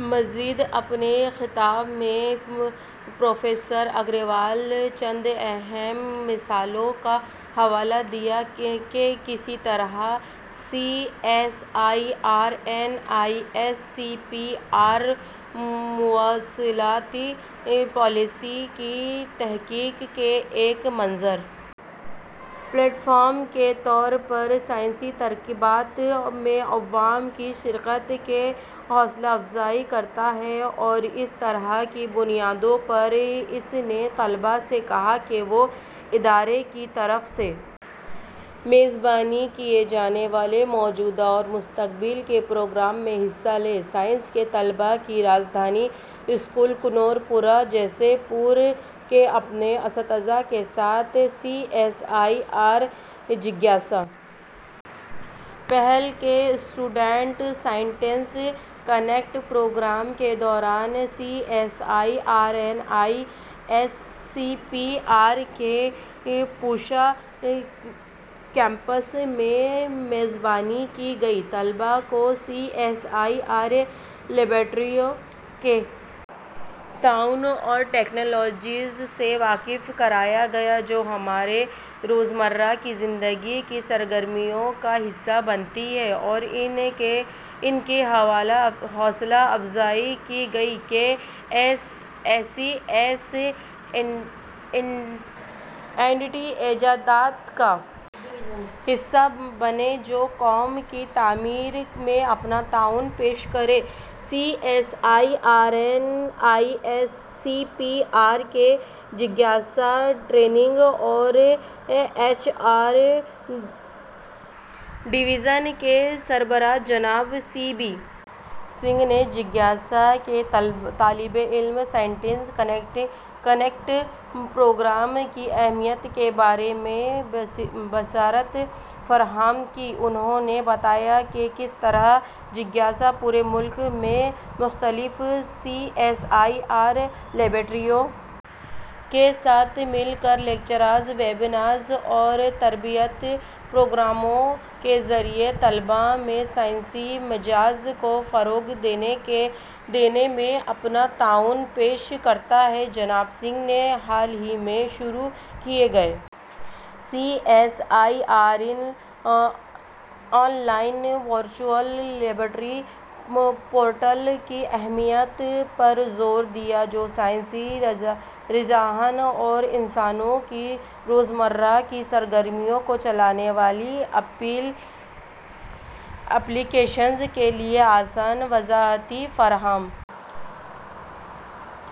مزید اپنے خطاب میں پروفیسر اگروال نے چند اہم مثالوں کا حوالہ دیا کہ کس طرح C S I R N I S C P R مواصلاتی پالیسی کی تحقیق کے ایک منفرد پلیٹ فارم کے طور پر سائنسی تقریبات میں عوام کی شرکت کی حوصلہ افزائی کرتا ہے اور اسی طرح کی بنیادوں پر اس نے طلباء سے کہا کہ وہ ادارے کی طرف سے میزبانی کیے جانے والے موجودہ اور مستقبل کے پروگرام میں حصہ لیں سائنس کے طلباء کی راجدھانی اسکول کنور پورہ جے پور کے اپنے اساتذہ کے ساتھ سی ایس آئی آر کے جگیاسا پہل کے اسٹوڈنٹ سائنٹسٹ کنیکٹ پروگرام کے دوران C S I R N I S C P R کے پوسا کیمپس میں میزبانی کی گئی طلباء کو سی ایس آئی آر لیبارٹریوں کے تعاون اور ٹیکنالوجیز سے واقف کرایا گیا جو ہماری روزمرہ کی زندگی کی سرگرمیوں کا حصہ بنتی ہیں اور ان کی حوصلہ افزائی کی گئی کہ وہ ایسی ایس اینڈ ٹی ایجادات کا حصہ بنیں جو قوم کی تعمیر میں اپنا تعاون پیش کریں C S I R N I S C P R کے جگیاسا ٹریننگ اور ایچ آر ڈویژن کے سربراہ جناب سی بی سنگھ نے جگیاسا کے طالب علم سائنٹسٹ کنیکٹ پروگرام کی اہمیت کے بارے میں بصیرت فراہم کی انہوں نے بتایا کہ کس طرح جگیاسا پورے ملک میں مختلف سی ایس آئی آر لیبارٹریوں کے ساتھ مل کر لیکچرز ویبینرز اور تربیتی پروگراموں کے ذریعے طلباء میں سائنسی مزاج کو فروغ دینے میں اپنا تعاون پیش کرتا ہے جناب سنگھ نے حال ہی میں شروع کیے گئے C S I R online virtual laboratory portal کی اہمیت پر زور دیا جو سائنسی رجحان اور انسانوں کی روزمرہ کی سرگرمیوں کو چلانے والی ایپلی کیشنز کے لیے آسان وضاحتیں فراہم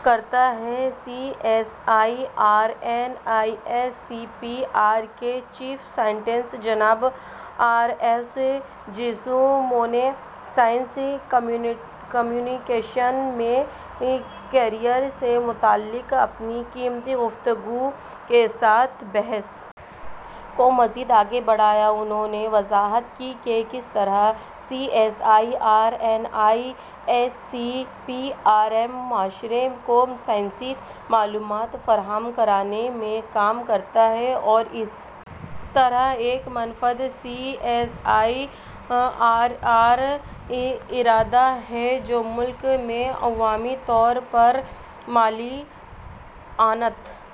کرتا ہے C S I R N I S C P R کے چیف سائنٹسٹ جناب آر ایس جیاسو مو نے سائنس کمیونیکیشن میں کیریئر سے متعلق اپنی قیمتی گفتگو کے ساتھ بحث کو مزید آگے بڑھایا انہوں نے وضاحت کی کہ کس طرح C S I R N I S C P R معاشرے کو سائنسی معلومات فراہم کرنے میں کام کرتا ہے اور اس طرح یہ ایک منفرد سی ایس آئی آر ادارہ ہے جو ملک میں عوامی طور پر مالی اعانت